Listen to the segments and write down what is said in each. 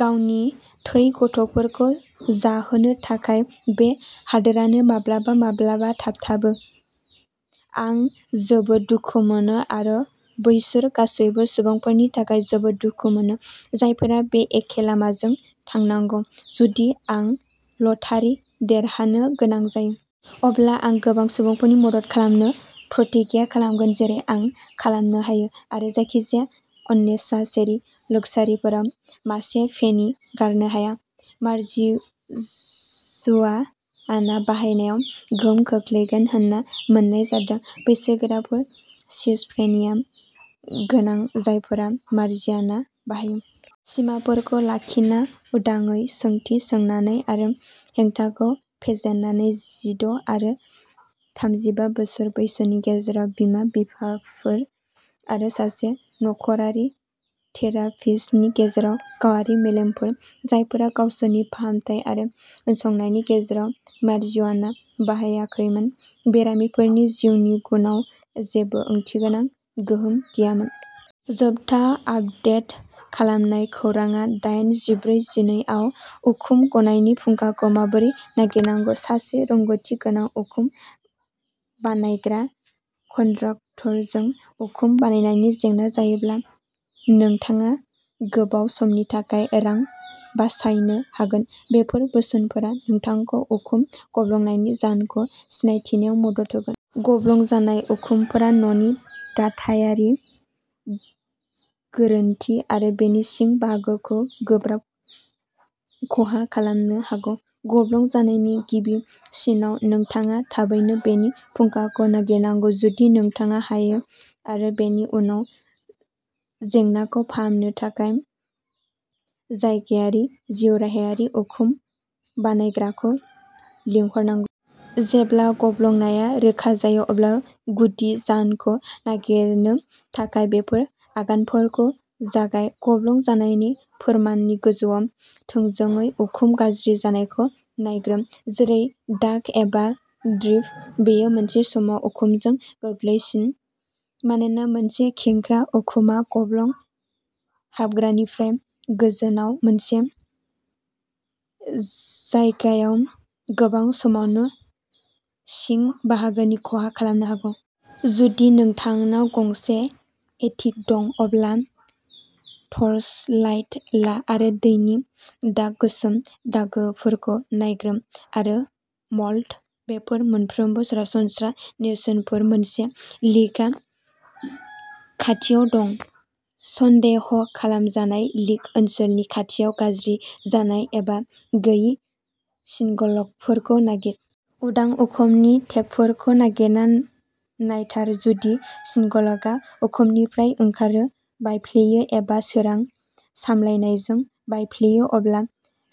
गावनि थै गथ'फोरखौ जाहोनो थाखाय। बे हादोरानो माब्लाबा माब्लाबा थाबथाबो। आं जोबोद दुखु मोनो आरो बैसोर गासैबो सुबुंफोरनि थाखाय जोबोद दुखु मोनो। जायफोरा बे एखे लामाजों थांनांगौ। जुदि आं लटारि देरहानो गोनां जायो। अब्ला आं गोबां सुबुंफोरनि मदद खालामनो प्रतिग्या खालामगोन। जेरै आं खालामनो हायो आरो जायखिजाया आननेसासेरि लुक्सारिफोराव मासे पेनि गारनो हाया। मारिजुआना बाहायनायाव गोहोम खोख्लैगोन होनना मोननाय जादों। बैसोगोराफोर सिज'फ्रेनिया गोनां जायफोरा मारिजुआना बाहायो। सिमाफोरखौ लाखिना उदाङै सोंथि सोंनानै आरो हेंथाखौ फेजेननानै। जिद’ आरो थामजिबा बोसोर बैसोनि गेजेराव। बिमा-बिफाफोर आरो सासे नख'रारि थेरापिस्टनि गेजेराव गावारि मेलफोर। जायफोरा गावसोरनि फाहामथाय आरो उनसंनायनि गेजेराव मारिजुआना बाहायाखैमोन। बेरामिफोरनि जिउनि गुनआव जेबो ओंथिगोनां गोहोम गैयामोन। जोबथा आपडेट खालामनाय खौरांआ दाइन जिब्रै जिनै आव। उखुम गनायनि फुंखाखौ माबोरै नागिरनांगौ। सासे रोंग'थि गोनां उखुम बानायग्रा कन्ट्राक्टरजों उखुम बानायनायनि जेंना जायोब्ला नोंथाङा गोबाव समनि थाखाय रां बासायनो हागोन। बेफोर बोसोनफोरा नोंथांखौ उखुम गब्लंनायनि जाहोनखौ सिनायथिनायाव मदद होगोन। गब्लं जानाय उखुमफोरा न'नि दाथायारि गोरोनथि आरो बेनि सिं बाहागोखौ गोब्राब खहा खालामनो हागौ। गब्लं जानायनि गिबि सिनआव नोंथाङा थाबैनो बेनि फुंखाखौ नागिरनांगौ जुदि नोंथाङा हायो आरो बेनि उनाव जेंनाखौ फाहामनो थाखाय जायगायारि जिउराहायारि उखुम बानायग्राखौ लिंहरनांगौ। जेब्ला गब्लंनाया रोखा जायो अब्ला गुदि जाहोनखौ नागिरनो थाखाय बेफोर आगानफोरजों जागाय। गब्लं जानायनि फोरमाननि गोजौआव थोंजोङै उखुम गाज्रि जानायखौ नायग्रोम। जेरै दाग एबा ड्रिप। बेयो मोनसे समान उखुमजों गोरलैसिन। मानोना मोनसे खेंख्रा उखुमआ गब्लं हाबग्रानिफ्राय गोजानाव मोनसे जायगायाव गोबां समावनो सिं बाहागोनि खहा खालामनो हागौ। जुदि नोंथांनाव गंसे एटिक दं अब्ला टर्चलाइट ला आरो दैनि दाग गोसोम दागोफोरखौ नायग्रोम। आरो मल्ड। बेफोर मोनफ्रोमबो सरासनस्रा नेरसोनफोर मोनसे लिकआ खाथियाव दं। सन्देह खालामजानाय लिक ओनसोलनि खाथियाव गाज्रि जानाय एबा गोयि सिनगलफोरखौ नागिर। उदां उखुमनि टेकफोरखौ नागिरना नायथार। जुदि शिनगलआ उखुमनिफ्राय ओंखारो बायफ्लेयो एबा सोरां सामलायनायजों बायफ्लेयो अब्ला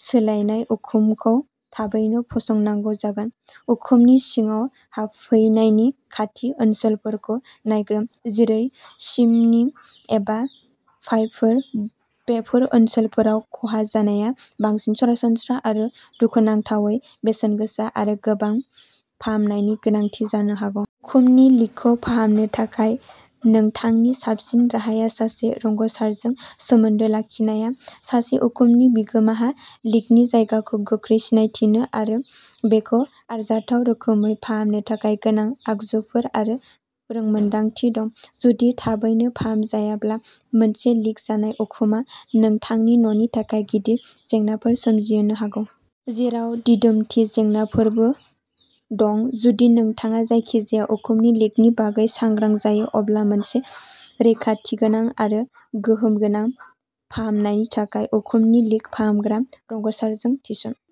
सोलायनाय उखुमखौ थाबैनो फसंनांगौ जागोन। उखुमनि सिङाव हाबफैनायनि खाथि ओनसोलफोरखौ नायग्रोम। जेरै चिमनि एबा पाइपफोर। बेफोर ओनसोलफोराव खहा जानाया बांसिन सरासनस्रा आरो दुखुनांथावै बेसेन गोसा आरो गोबां फाहामनायनि गोनांथि जानो हागौ। उखुमनि लिकखौ फाहामनो थाखाय नोंथांनि साबसिन राहाया सासे रोंग'सारजों सोमोन्दो लाखिनाया। सासे उखुमनि बिगुमाहा लिकनि जायगाखौ गोख्रै सिनायथिनो आरो बेखौ आरजाथाव रोखोमै फाहामनो थाखाय गोनां आगजुफोर आरो रोंमोनदांथि दं। जुदि थाबैनो फाहामजायाब्ला मोनसे लिक जानाय उखुमआ नोंथांनि न'नि थाखाय गिदिर जेंनाफोर सोमजिहोनो हागौ। जेराव दिदोमथि जेंनाफोरबो दं। जुदि नोंथाङा जायखिजाया उखुमनि लिकनि बागै सांग्रां जायो। अब्ला मोनसे रैखाथिगोनां आरो गोहोम गोनां फाहामनायनि थाखाय उखुमनि लिक फाहामग्रा रोंग'सारखौ थिसन।